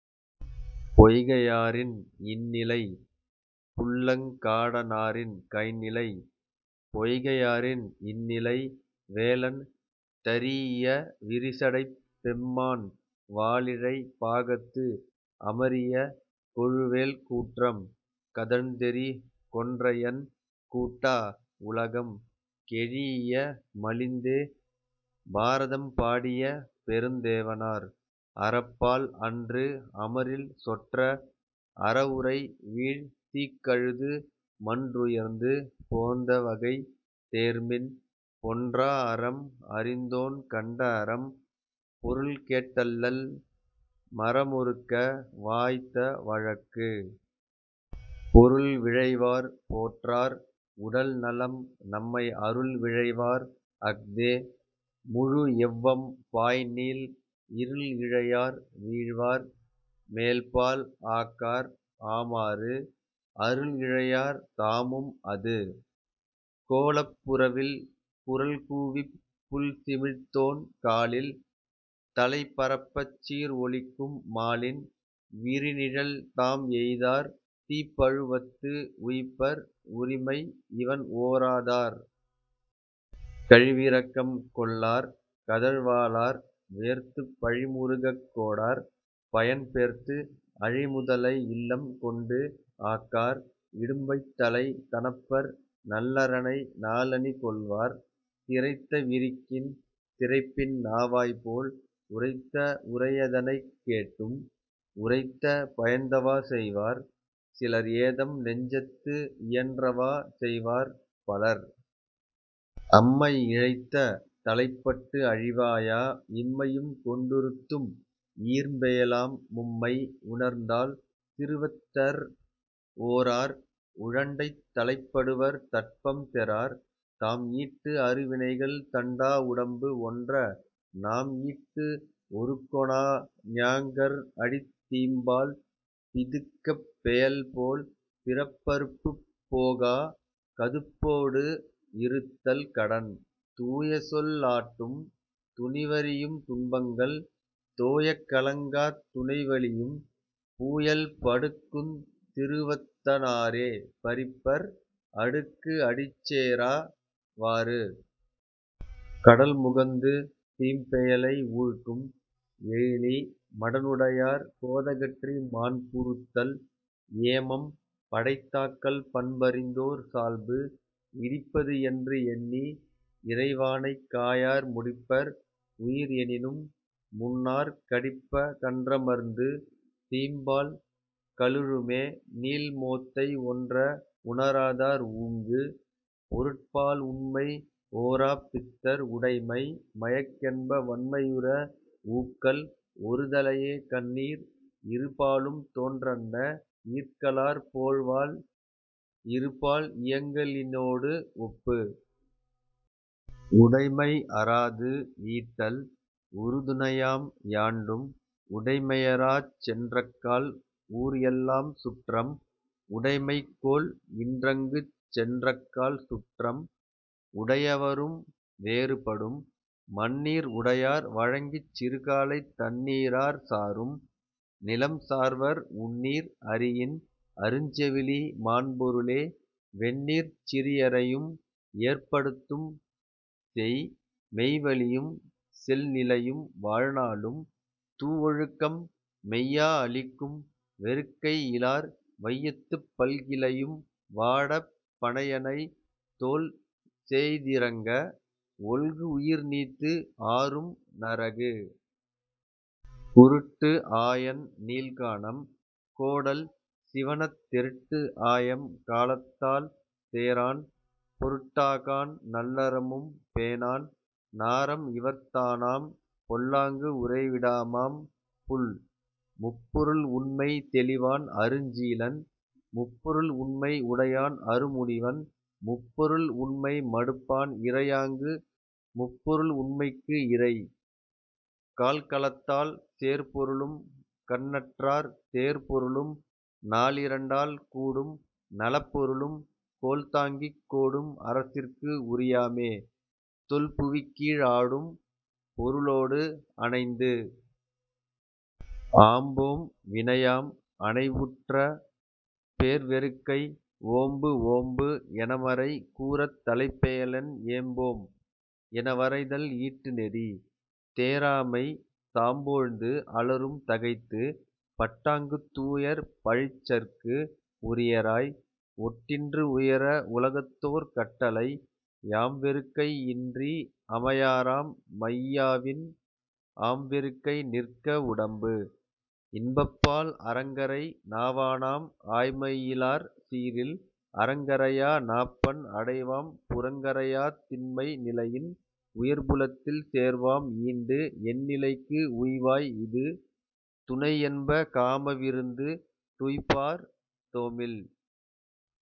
பொய்கையாரின் இன்னிலை புல்லங்காடனாரின் கைந்நிலை. பொய்கையாரின் இன்னிலை வேலன் தரீஇய விரிசடைப் பெம்மான் வாலிழை பாகத்து அமரிய கொழுவேல் கூற்றம் கதழ்ந்தெறி கொன்றையன் கூட்டா உலகம் கெழீஇய மலிந்தே. பாரதம் பாடிய பெருந்தேவனார்.. அறப்பால் அன்று அமரில் சொற்ற அறவுரை வீழ் தீக்கழுது மன்றுயர்ந்து போந்த வகை தேர்மின் பொன்றா அறம் அறிந்தோன் கண்ட அறம் பொருள் கேட்டல்லல் மறமொறுக்க வாய்த்த வழக்கு. பொருள் விழைவார் போற்றார் உடல்நலம் நம்மை அருள் விழைவார் அஃதே முழுஎவ்வம் பாய்நீல் இருள் இழையார் வீழ்வார் மேல் பால் ஆக்கார் ஆமாறு அருள்இழையார் தாமும் அது. கோலப் புறவில் குரல்கூவிப் புள்சிமிழ்த்தோன் காலில் தளைபரப்பச் சீர்ஒலிக்கும் மாலின் விரிநிழல் தாம் எய்தார் தீப்பழுவத்து உய்ப்பர் உரிமை இவண்ஓரா தார். கழிவிரக்கம் கொள்ளார் கதழ் வாளார் வேர்த்துப் பழிமுறுகக் கோடார் பயன் பேர்த்து அழிமுதலை இல்லம் கொண்டு ஆக்கார் இடும்பைத் தளை தணப்பர் நல்லறனை நாளணி கொள்வார். திரைத்த விரிக்கின் திரைப்பின் நாவாய்போல் உரைத்த உரையதனைக் கேட்டும் உரைத்த பயன்தவா செய்வார் சிலர்ஏதம் நெஞ்சத்து இயன்றவா செய்வார் பலர். அம்மை இழைத்த தலைப்பட்டு அழிவாயா இம்மையும் கொண்டுறுத்தும் ஈர்ம் பெயலாம் மும்மை உணர்ந்தால் திருவத்தர் ஓரார் உழண்டைத் தளைப்படுவர் தட்பம் தெறார். தாம்ஈட்டு அருவினைகள் தண்டா உடம்பு ஒன்ற நாம்ஈட்டு ஒறுக்கொணா ஞாங்கர்அடித் தீம்பால் பிதுக்கப் பெயல்போல் பிறப்பறுப்புப் போகா கதுப்போடு இறுத்தல் கடன். தூயசொல் லாட்டும் துணிவ றியும் துன்பங்கள் தோயக் கலங்காத் துணைவலியும் பூயல் படுக்குந் திருவத்த னாரே பறிப்பர் அடுக்கு அடிச்சேரா வாறு. கடல் முகந்து தீம்பெயலை ஊழ்க்கும் எழிலி மடனுடையார் கோதகற்றி மாண்புறுத்தல் ஏமம் படைத்தாக்கல் பண்பறிந்தோர் சால்பு. இடிப்பதுஎன்று எண்ணி இறைவானைக் காயார் முடிப்பர் உயிர்எனினும் முன்னார் கடிப்பக் கன்றமர்ந்து தீம்பால் கலுழுமே நீள் மோத்தை ஒன்ற உணராதார் ஊங்கு.. பொருட்பால் உண்மைஓராப் பித்தர் உடைமை மயக்கென்ப வண்மையுற ஊக்கல் ஒருதலையே கண்ணீர் இருபாலும் தோன்றன்ன ஈர்க்கலார் போழ்வாள் இருபால் இயங்கலினோடு ஒப்பு. உடைமைஅறாது ஈட்டல் உறுதுணையாம் யாண்டும் உடைமையராச் சென்றக்கால் ஊர்எல்லாம் சுற்றம் உடைமைக் கோல் இன்றங்குச் சென்றக்கால் சுற்றம் உடையவரும் வேறு படும். மண்ணீர் உடையார் வழங்கிச் சிறுகாலைத் தண்ணீரார் சாரும் நிலம்சார்வர் உண்ணீர் அறியின் அருஞ்செவிலி மாண்பொருளே வெண்ணீர்ச் சிறியரையும் ஏர்ப்படுத்தும் செய். மெய்வலியும் செல்நிலையும் வாழ்நாளும் தூவொழுக்கம் மெய்யா அளிக்கும் வெறுக்கைஇலார் வையத்துப் பல்கிளையும் வாடப் பணையணை தோள் சேய்திரங்க ஒல்குஉயிர்நீத்து ஆரும் நரகு. குருட்டுஆயன் நீள்கானம் கோடல் சிவணத் தெருட்டுஆயம் காலத்தால் சேரான் பொருட்டாகான் நல்லறமும் பேணான் நாரம்இவர்த் தானாம் பொல்லாங்கு உறைவிடாமாம் புல். முப்பொருள் உண்மை தெளிவான் அருஞ்சீலன் முப்பொருள் உண்மை உடையான் அருமுனிவன் முப்பொருள் உண்மை மடுப்பான் இறையாங்கு முப்பொருள் உண்மைக்கு இறை. கால்கலத்தால் சேர்பொருளும் கண்ணற்றார் தேர்பொருளும் நாலிரண்டால் கூடும் நலப்பொருளும் கோல்தாங்கிக் கோடும் அரசிற்கு உரியாமே தொல்புவிக்கீழ் ஆடும் பொருளோடு அணைந்து. ஆம்போம் வினையாம் அணைவுற்ற பேர்வெறுக்கை ஓம்புஓம்பு எனமறை கூறத் தலைப்பெயலென் ஏம்போம் எனவரைதல் ஈட்டுநெறி தேராமை சாம்போழ்ந்து அலறும் தகைத்து. பட்டாங்குத் தூயர் பழிச்சற்கு உரியராய் ஒட்டின்று உயர உலகத்தோர் கட்டளை யாம்வெறுக்கை இன்றி அமையாராம் மையாவின் ஆம்வெறுக்கை நிற்க வுடம்பு.. இன்பப்பால் அறங்கரை நாவானாம் ஆய்மயிலார் சீரில் அறங்கரையா நாப்பண் அடைவாம் புறங்கரையாத் திண்மை நிலையின் உயர்புலத்தில் சேர்வாம் ஈண்டு எண்ணிலைக்கு உய்வாய் இது. துணைஎன்ப காமவிருந்து துய்ப்பார் தோமில்